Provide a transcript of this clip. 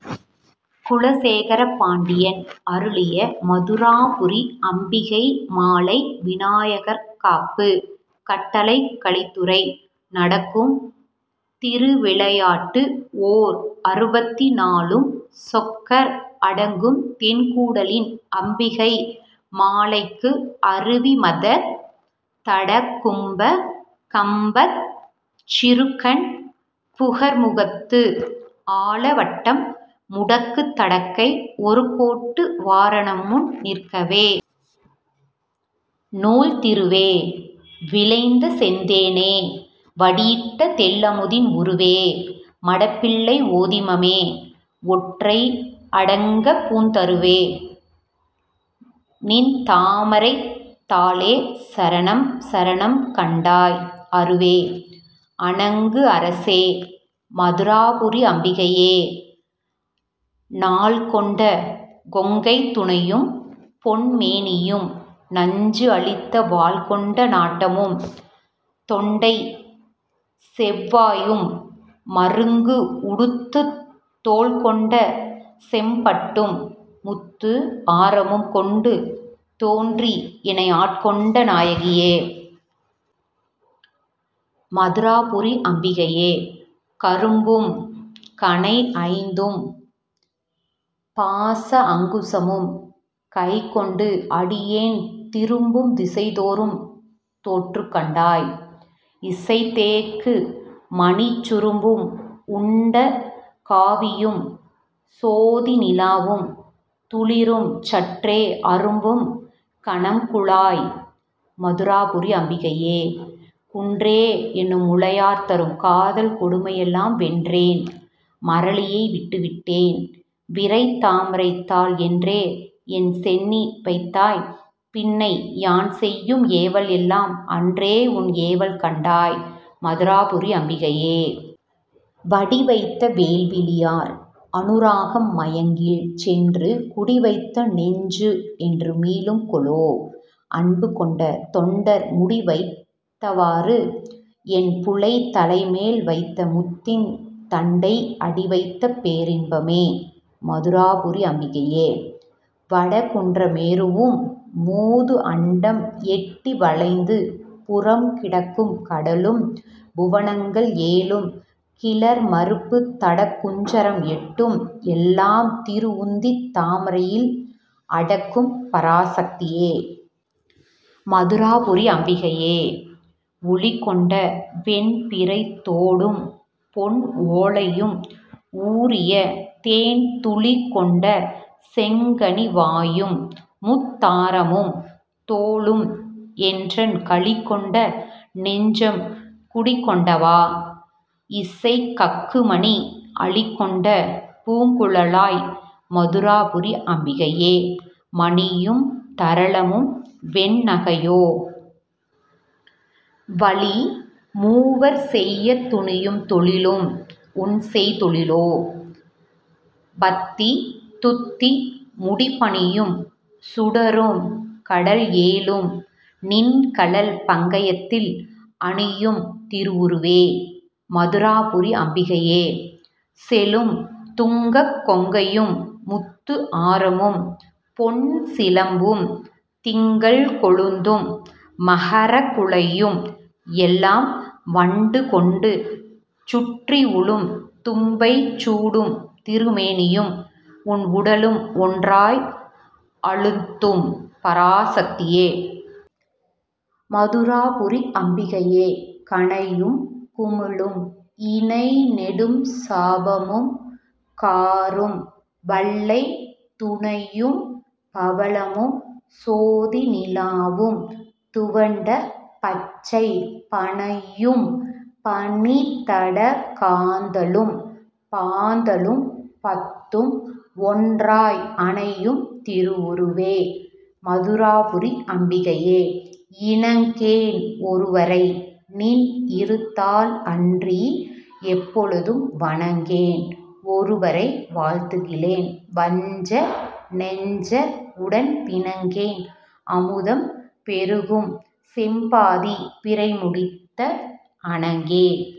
குலசேகர பாண்டியன் அருளிய மதுராபுரி அம்பிகை மாலை விநாயகர் காப்பு கட்டளைக் கலித்துறை நடக்கும் திரு விளையாட்டு ஓர் அறுபத்திநாலும் சொக்கர் அடக்கும் தென் கூடலில் அம்பிகை மாலைக்கு அருவி மதத், தடக் கும்ப, கம்பச், சிறு கண், புகர் முகத்து, ஆல வட்டம் முடக்கும் தடக்கை, ஒரு கோட்டு வாரணம் முன் நிற்கவே. நூல் திருவே! விளைந்த செந்தேனே! வடி இட்ட தெள் அமுதின் உருவே! மடப் பிள்ளை ஓதிமமே! ஒற்றை அடங்கப் பூந் தருவே! நின் தாமரைத் தாளே சரணம், சரணம் கண்டாய், அருவே! அணங்கு அரசே! மதுராபுரி அம்பிகையே!. நாள் கொண்ட கொங்கைத் துணையும், பொன் மேனியும், நஞ்சு அளித்த வாள் கொண்ட நாட்டமும், தொண்டைச் செவ் வாயும், மருங்கு உடுத்துத் தோள் கொண்ட செம் பட்டும், முத்து ஆரமும் கொண்டு தோன்றி எனை ஆள் கொண்ட நாயகியே! மதுராபுரி அம்பிகையே!. கரும்பும், கணை ஐந்தும், பாச அங்குசமும், கைக் கொண்டு அடியேன் திரும்பும் திசை தொறும் தோற்று கண்டாய் இசை தேக்கு மணிச் சுரும்பு உண்ட காவியும், சோதி நிலாவும், துளிரும் சற்றே அரும்பும் கனம் குலாய்! மதுராபுரி அம்பிகையே!. குன்றே எனும் முலையார் தரும் காதல் கொடுமை எல்லாம் வென்றேன், மறலியை விட்டு விட்டேன், விரைத் தாமரைத் தாள் என்றே என் சென்னி வைத்தாய், பின்னை யான் செய்யும் ஏவல் எல்லாம் அன்றே உன் ஏவல் கண்டாய், மதுராபுரி அம்பிகையே!. வடி வைத்த வேல் விழியார் அநுராக மயக்கில் சென்று குடி வைத்த நெஞ்சு என்று மீளும் கொலோ! அன்பு கொண்ட தொண்டர் முடி வைத்தவாறு, என் புலைத் தலை மேல் வைத்த முத்தின் தண்டை அடி வைத்த பேர் இன்பமே! மதுராபுரி அம்பிகையே!. வடக் குன்ற மேருவும், மூது அண்டம் எட்டி வளைந்து புறம் கிடக்கும் கடலும், புவனங்கள் ஏழும், கிளர் மருப்புத் தடக் குஞ்சரம் எட்டும், எல்லாம் திரு உந்தித் தாமரையில் அடக்கும் பராசக்தியே! மதுராபுரி அம்பிகையே!. ஒளி கொண்ட வெண் பிறைத் தோடும், பொன் ஓலையும், ஊறிய தேன் துளி கொண்ட செங்கனி வாயும், முத்தாரமும், தோளும் என்றன் களி கொண்ட நெஞ்சம் குடி கொண்டவா இசை கக்கு மணி அளி கொண்ட பூங்குழலாய்! மதுராபுரி அம்பிகையே!. மணியும், தரளமும், வெண் நகையோ? வழி மூவர் செய்த் துணியும், தொழிலும் உன் செய் தொழிலோ? பத்தித் துத்தி முடிப் பணியும், சுடரும், கடல் ஏழும் நின் கழல் பங்கயத்தில் அணியும் திரு உருவே! மதுராபுரி அம்பிகையே!. செழும் துங்கக் கொங்கையும், முத்து ஆரமும், பொன் சிலம்பும், திங்கள் கொழுந்தும், மகரக் குழையும் எல்லாம், வண்டு கொண்டு சுற்றி உழும் தும்பை சூடும் திரு மேனியும், உன் உடலும் ஒன்றாய் அழுந்தும் பராசக்தியே! மதுராபுரி அம்பிகையே!. கணையும், குமிழும், இணை நெடும் சாபமும், காரும், வள்ளைத் துணையும், பவளமும், சோதி நிலாவும், துவண்ட பச்சைப் பணையும், பனித் தடம் காந்தளும், பாந்தளும் பத்தும் ஒன்றாய் அணையும் திரு உருவே! மதுராபுரி அம்பிகையே!. இணங்கேன் ஒருவரை; நின் இரு தாள் அன்றி எப்பொழுதும் வணங்கேன் ஒருவரை வாழ்த்துகிலேன்; வஞ்ச நெஞ்சர் உடன் பிணங்கேன் அமுதம் பெருகும் செம் பாதிப் பிறை முடித்த அணங்கே!